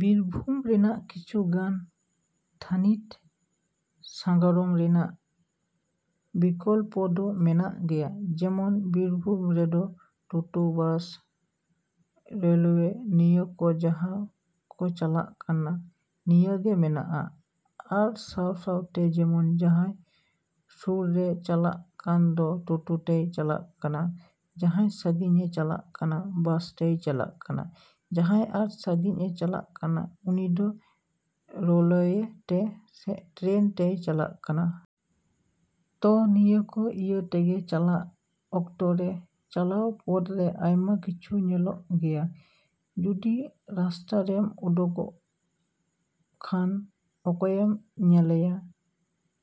ᱵᱤᱨᱵᱷᱩᱢ ᱨᱮᱭᱟᱜ ᱠᱤᱪᱷᱩ ᱜᱟᱱ ᱛᱷᱟᱱᱤᱛ ᱥᱟᱜᱟᱲᱚᱢ ᱨᱮᱭᱟᱜ ᱵᱤᱠᱚᱞᱯᱚ ᱫᱚ ᱢᱮᱱᱟᱜ ᱜᱮᱭᱟ ᱡᱮᱢᱚᱱ ᱵᱤᱨᱵᱷᱩᱢ ᱨᱮᱫᱚ ᱴᱳᱴᱳ ᱵᱟᱥ ᱨᱮᱞᱳᱣᱮ ᱱᱤᱭᱟᱹ ᱠᱚ ᱡᱟᱦᱟᱸ ᱠᱚ ᱪᱟᱞᱟᱜ ᱠᱟᱱ ᱱᱤᱭᱟᱹᱜᱮ ᱢᱮᱱᱟᱜᱼᱟ᱾ ᱟᱨ ᱥᱟᱶ ᱥᱟᱶᱛᱮ ᱡᱮᱢᱚᱱ ᱡᱟᱦᱟᱸᱭ ᱥᱩᱨᱮ ᱪᱟᱞᱟᱜ ᱠᱟᱱ ᱫᱚ ᱴᱳᱴᱳ ᱛᱮᱭ ᱪᱟᱞᱟᱜ ᱠᱟᱱᱟ ᱡᱟᱦᱟᱸᱭ ᱥᱟᱹᱜᱤᱧᱮ ᱪᱟᱞᱟᱜ ᱠᱟᱱᱟ ᱵᱟᱥ ᱛᱮᱭ ᱪᱟᱞᱟᱜ ᱠᱟᱱᱟ ᱡᱟᱦᱟᱸᱭ ᱟᱨ ᱥᱟᱹᱜᱤᱧᱮ ᱪᱟᱞᱟᱜ ᱠᱟᱱ ᱩᱱᱤ ᱫᱚ ᱨᱮᱞᱳᱭᱮ ᱛᱮ ᱥᱮ ᱴᱨᱮᱱ ᱛᱮᱭ ᱪᱟᱞᱟᱜ ᱠᱟᱱᱟ᱾ ᱛᱚ ᱱᱤᱭᱟᱹ ᱠᱚ ᱤᱭᱟᱹ ᱛᱮᱜᱮ ᱪᱟᱞᱟᱣ ᱚᱠᱛᱚ ᱨᱮ ᱪᱟᱞᱟᱣ ᱯᱚᱫᱽ ᱨᱮ ᱟᱭᱢᱟ ᱠᱤᱪᱷᱩ ᱧᱮᱞᱚᱜ ᱜᱮᱭᱟ᱾ ᱡᱩᱫᱤ ᱨᱟᱥᱛᱟ ᱨᱮᱢ ᱳᱰᱩᱠᱚᱜ ᱠᱷᱟᱱ ᱚᱠᱚᱭᱮᱢ ᱧᱮᱞᱮᱭᱟ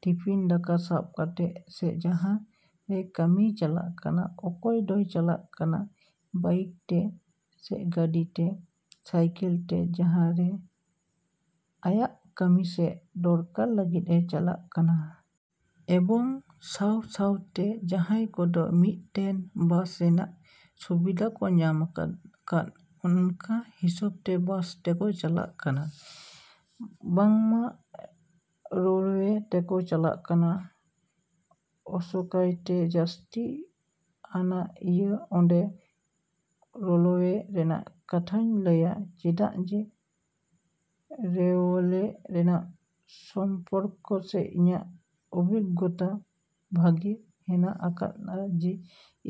ᱴᱤᱯᱷᱤᱱ ᱫᱟᱠᱟ ᱥᱟᱵ ᱠᱟᱛᱮ ᱥᱮ ᱡᱟᱦᱟᱸ ᱨᱮ ᱠᱟᱹᱢᱤᱭ ᱪᱟᱞᱟᱜ ᱠᱟᱱᱟ ᱚᱠᱚᱭ ᱫᱚᱭ ᱪᱟᱞᱟᱜ ᱠᱟᱱᱟ ᱵᱟᱭᱤᱠ ᱛᱮ ᱥᱮ ᱜᱟᱹᱰᱤ ᱛᱮ ᱥᱟᱭᱠᱮᱹᱞ ᱛᱮ ᱡᱟᱦᱟᱸ ᱨᱮ ᱟᱭᱟᱜ ᱠᱟᱹᱢᱤ ᱥᱮ ᱫᱚᱨᱠᱟᱨ ᱞᱟᱹᱜᱤᱫ ᱮ ᱪᱟᱞᱟᱜ ᱠᱟᱱᱟ᱾ ᱮᱵᱚᱝ ᱥᱟᱶ ᱥᱟᱶᱛᱮ ᱡᱟᱦᱟᱸᱭ ᱠᱚᱫᱚ ᱢᱤᱫ ᱴᱮᱱ ᱵᱟᱥ ᱨᱮᱭᱟᱜ ᱥᱩᱵᱤᱫᱷᱟ ᱠᱚ ᱧᱟᱢ ᱟᱠᱟᱫ ᱚᱱᱠᱟ ᱦᱤᱥᱟᱹᱵᱽ ᱛᱮ ᱵᱟᱥ ᱛᱮᱠᱚ ᱪᱟᱞᱟᱜ ᱠᱟᱱᱟ ᱵᱟᱝᱢᱟ ᱨᱮᱞᱳᱣᱮ ᱛᱮᱠᱚ ᱪᱟᱞᱟᱜ ᱠᱟᱱᱟ᱾ ᱟᱥᱚᱠᱟᱭᱛᱮ ᱡᱟᱹᱥᱛᱤ ᱟᱱᱟ ᱱᱤᱭᱮ ᱱᱚᱸᱰᱮ ᱨᱮᱞᱳᱣᱮ ᱨᱮᱱᱟᱜ ᱠᱟᱛᱷᱟᱧ ᱞᱟᱹᱭᱟ ᱪᱮᱫᱟᱜ ᱡᱮ ᱨᱮᱞᱳᱣᱮ ᱨᱮᱱᱟᱜ ᱥᱚᱢᱯᱚᱨᱠᱚ ᱥᱮ ᱤᱧᱟᱜ ᱚᱵᱷᱤᱜᱽᱜᱚᱛᱟ ᱵᱷᱟᱜᱮ ᱦᱮᱱᱟᱜ ᱟᱠᱟᱫᱟ ᱡᱮ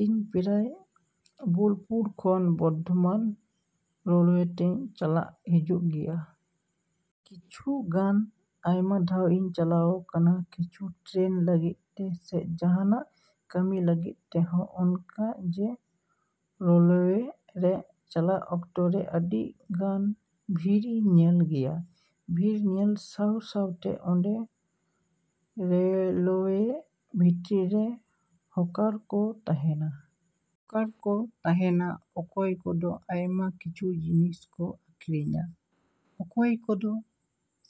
ᱤᱧ ᱯᱨᱟᱭ ᱵᱳᱞᱯᱩᱨ ᱠᱷᱚᱱ ᱵᱚᱨᱫᱚᱢᱟᱱ ᱨᱮᱞᱳᱣᱮ ᱛᱮ ᱪᱟᱞᱟᱜ ᱦᱤᱡᱩᱜ ᱜᱮᱭᱟᱹᱧ᱾ ᱠᱤᱪᱷᱩ ᱜᱟᱱ ᱟᱭᱢᱟ ᱫᱷᱟᱣ ᱤᱧ ᱪᱟᱞᱟᱣ ᱟᱠᱟᱱᱟ ᱠᱤᱪᱷᱩ ᱴᱨᱮᱱᱤᱝ ᱞᱟᱹᱜᱤᱫ ᱛᱮ ᱥᱮ ᱡᱟᱦᱟᱱᱟᱜ ᱠᱟᱹᱢᱤ ᱞᱟᱹᱜᱤᱫ ᱛᱮᱦᱚᱸ᱾ ᱚᱱᱠᱟ ᱡᱮ ᱨᱮᱞᱳᱣᱮ ᱨᱮ ᱪᱟᱞᱟᱣ ᱚᱠᱛᱚ ᱨᱮ ᱟᱹᱰᱤ ᱜᱟᱱ ᱵᱷᱤᱲ ᱤᱧ ᱧᱮᱞ ᱜᱮᱭᱟ᱾ ᱵᱷᱤᱲ ᱧᱮᱞ ᱥᱟᱶ ᱥᱟᱶᱛᱮ ᱚᱸᱰᱮ ᱨᱮᱞᱳᱣᱮ ᱵᱷᱤᱛᱨᱤ ᱨᱮ ᱦᱚᱠᱟᱨ ᱠᱚ ᱛᱟᱦᱮᱱᱟ᱾ ᱦᱚᱠᱟᱨ ᱠᱚ ᱛᱟᱦᱮᱱᱟ ᱚᱠᱚᱭ ᱠᱚᱫᱚ ᱟᱭᱢᱟ ᱠᱤᱪᱷᱩ ᱡᱤᱱᱤᱥ ᱠᱚ ᱟᱹᱠᱷᱨᱤᱧᱟ ᱚᱠᱚᱭ ᱫᱚ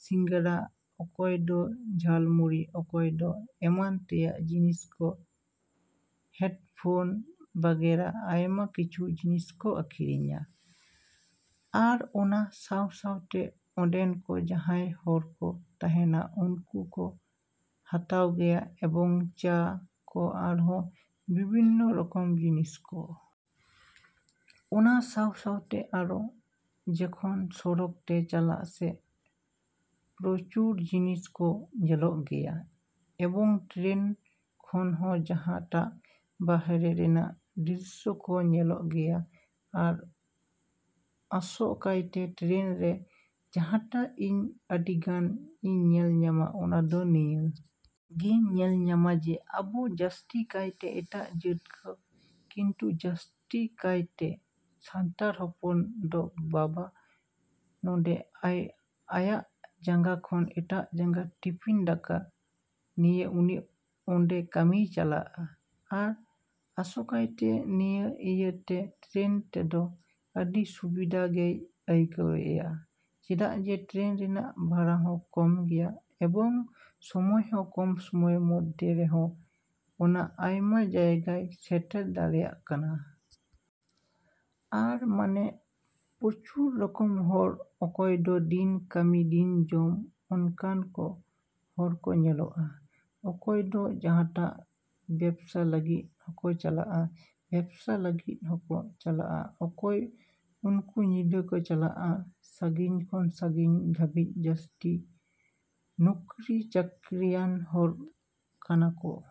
ᱥᱤᱸᱜᱟᱲᱟ ᱚᱠᱚᱭ ᱫᱚ ᱡᱷᱟᱞ ᱢᱩᱲᱤ ᱚᱠᱚᱭ ᱫᱚ ᱮᱢᱟᱱ ᱛᱮᱭᱟᱜ ᱡᱤᱱᱤᱥ ᱠᱚ ᱦᱮᱰᱯᱷᱳᱱ ᱵᱟᱜᱮᱨᱟ ᱟᱭᱢᱟ ᱠᱤᱪᱷᱩ ᱡᱤᱱᱤᱥ ᱠᱚ ᱟᱹᱠᱷᱨᱤᱧᱟ᱾ ᱟᱨ ᱚᱱᱟ ᱥᱟᱶ ᱥᱟᱶᱛᱮ ᱚᱸᱰᱮᱱ ᱠᱚ ᱡᱟᱦᱟᱸᱭ ᱦᱚᱲ ᱠᱚ ᱛᱟᱦᱮᱱᱟ ᱩᱱᱠᱩ ᱠᱚ ᱦᱟᱛᱟᱣ ᱜᱮᱭᱟ ᱮᱵᱚᱝ ᱪᱟ ᱠᱚ ᱟᱨᱦᱚᱸ ᱵᱤᱵᱷᱤᱱᱱᱚ ᱨᱚᱠᱚᱢ ᱡᱤᱱᱤᱥ ᱠᱚ᱾ ᱚᱱᱟ ᱥᱟᱶ ᱥᱟᱶᱛᱮ ᱟᱨᱦᱚᱸ ᱡᱮᱠᱷᱚᱱ ᱥᱚᱲᱚᱠ ᱛᱮ ᱪᱟᱞᱟᱜ ᱥᱮ ᱯᱨᱚᱪᱩᱨ ᱡᱤᱱᱤᱥ ᱠᱚ ᱧᱮᱞᱚᱜ ᱜᱮᱭᱟ ᱮᱵᱚᱝ ᱴᱨᱮᱱ ᱠᱷᱚᱱ ᱦᱚᱸ ᱡᱟᱦᱟᱸᱴᱟᱜ ᱵᱟᱨᱦᱮ ᱨᱮᱭᱟᱜ ᱫᱨᱤᱥᱥᱚ ᱠᱚ ᱧᱮᱞᱚᱜ ᱜᱮᱭᱟ᱾ ᱟᱨ ᱟᱥᱚ ᱠᱟᱭᱛᱮ ᱴᱨᱮᱱ ᱨᱮ ᱡᱟᱦᱟᱸᱴᱟᱜ ᱤᱧ ᱟᱹᱰᱤ ᱜᱟᱱ ᱤᱧ ᱧᱮᱞ ᱧᱟᱢ ᱚᱱᱟ ᱫᱚ ᱱᱤᱭᱟ. ᱜᱤᱧ ᱧᱮᱞ ᱧᱟᱢᱟ ᱡᱮ ᱟᱵᱚ ᱡᱟᱹᱥᱛᱤ ᱠᱟᱭᱛᱮ ᱮᱴᱟᱜ ᱡᱟᱹᱛ ᱦᱚᱸ ᱠᱤᱱᱛᱩ ᱡᱟᱹᱥᱛᱤ ᱠᱟᱭ ᱛᱮ ᱥᱟᱱᱛᱟᱲ ᱦᱚᱯᱚᱱ ᱫᱚ ᱵᱟᱵᱚ ᱱᱚᱰᱮ ᱟᱭᱟᱜ ᱡᱟᱸᱜᱟ ᱠᱷᱚᱱ ᱮᱴᱟᱜ ᱡᱟᱸᱜᱟ ᱴᱤᱯᱤᱱ ᱫᱟᱠᱟ ᱱᱤᱭᱮ ᱩᱱᱤ ᱚᱰᱮ ᱠᱟᱹᱢᱤᱭ ᱪᱟᱞᱟᱜᱼᱟ᱾ ᱟᱨ ᱟᱥᱚᱠᱟᱭᱛᱮ ᱱᱤᱭᱟᱹ ᱤᱭᱟᱹ ᱛᱮ ᱴᱨᱮᱱ ᱛᱮᱫᱚ ᱟᱹᱰᱤ ᱥᱩᱵᱤᱫᱟ ᱜᱮᱭ ᱟᱹᱭᱠᱟᱹᱣᱮᱭᱟ ᱪᱮᱫᱟᱜ ᱡᱮ ᱴᱨᱮᱱ ᱨᱮᱭᱟᱜ ᱵᱷᱟᱲᱟ ᱦᱚᱸ ᱠᱚᱢ ᱜᱮᱭᱟ ᱮᱵᱚᱝ ᱥᱳᱢᱳᱭ ᱦᱚᱸ ᱠᱚᱢ ᱥᱳᱢᱳᱭ ᱢᱚᱫᱽᱫᱷᱮ ᱨᱮᱦᱚᱸ ᱚᱱᱟ ᱟᱭᱟᱜ ᱡᱟᱭᱜᱟᱭ ᱥᱮᱴᱮᱨ ᱫᱟᱲᱮᱭᱟᱜ ᱠᱟᱱᱟ᱾ ᱟᱨ ᱢᱟᱱᱮ ᱯᱨᱚᱪᱩᱨ ᱨᱚᱠᱚᱢ ᱦᱚᱲ ᱚᱠᱚᱭ ᱫᱚ ᱫᱤᱱ ᱠᱟᱹᱢᱤ ᱫᱤᱱ ᱡᱚᱢ ᱚᱱᱠᱟᱱ ᱠᱚ ᱦᱚᱲ ᱠᱚ ᱧᱮᱞᱚᱜᱼᱟ ᱚᱠᱚᱭ ᱫᱚ ᱡᱟᱦᱟᱴᱟᱜ ᱵᱮᱵᱽᱥᱟ ᱞᱟᱹᱜᱤᱫ ᱦᱚᱸᱠᱚ ᱪᱟᱞᱟᱜᱼᱟ ᱵᱮᱵᱽᱥᱟ ᱞᱟᱹᱜᱤᱫ ᱦᱚᱠᱚ ᱪᱟᱞᱟᱜᱼᱟ ᱚᱠᱚᱭ ᱩᱱᱠᱩ ᱧᱤᱫᱟᱹ ᱠᱚ ᱪᱟᱞᱟᱜ-ᱟ ᱥᱟᱺᱜᱤᱧ ᱠᱷᱚᱱ ᱥᱟᱺᱜᱤᱧ ᱫᱷᱟᱵᱤᱡᱽ ᱡᱟᱥᱛᱤ ᱫᱚ ᱱᱩᱠᱨᱤ ᱪᱟᱠᱨᱤᱭᱟᱱ ᱦᱚᱲ ᱠᱟᱱᱟ ᱠᱚ᱾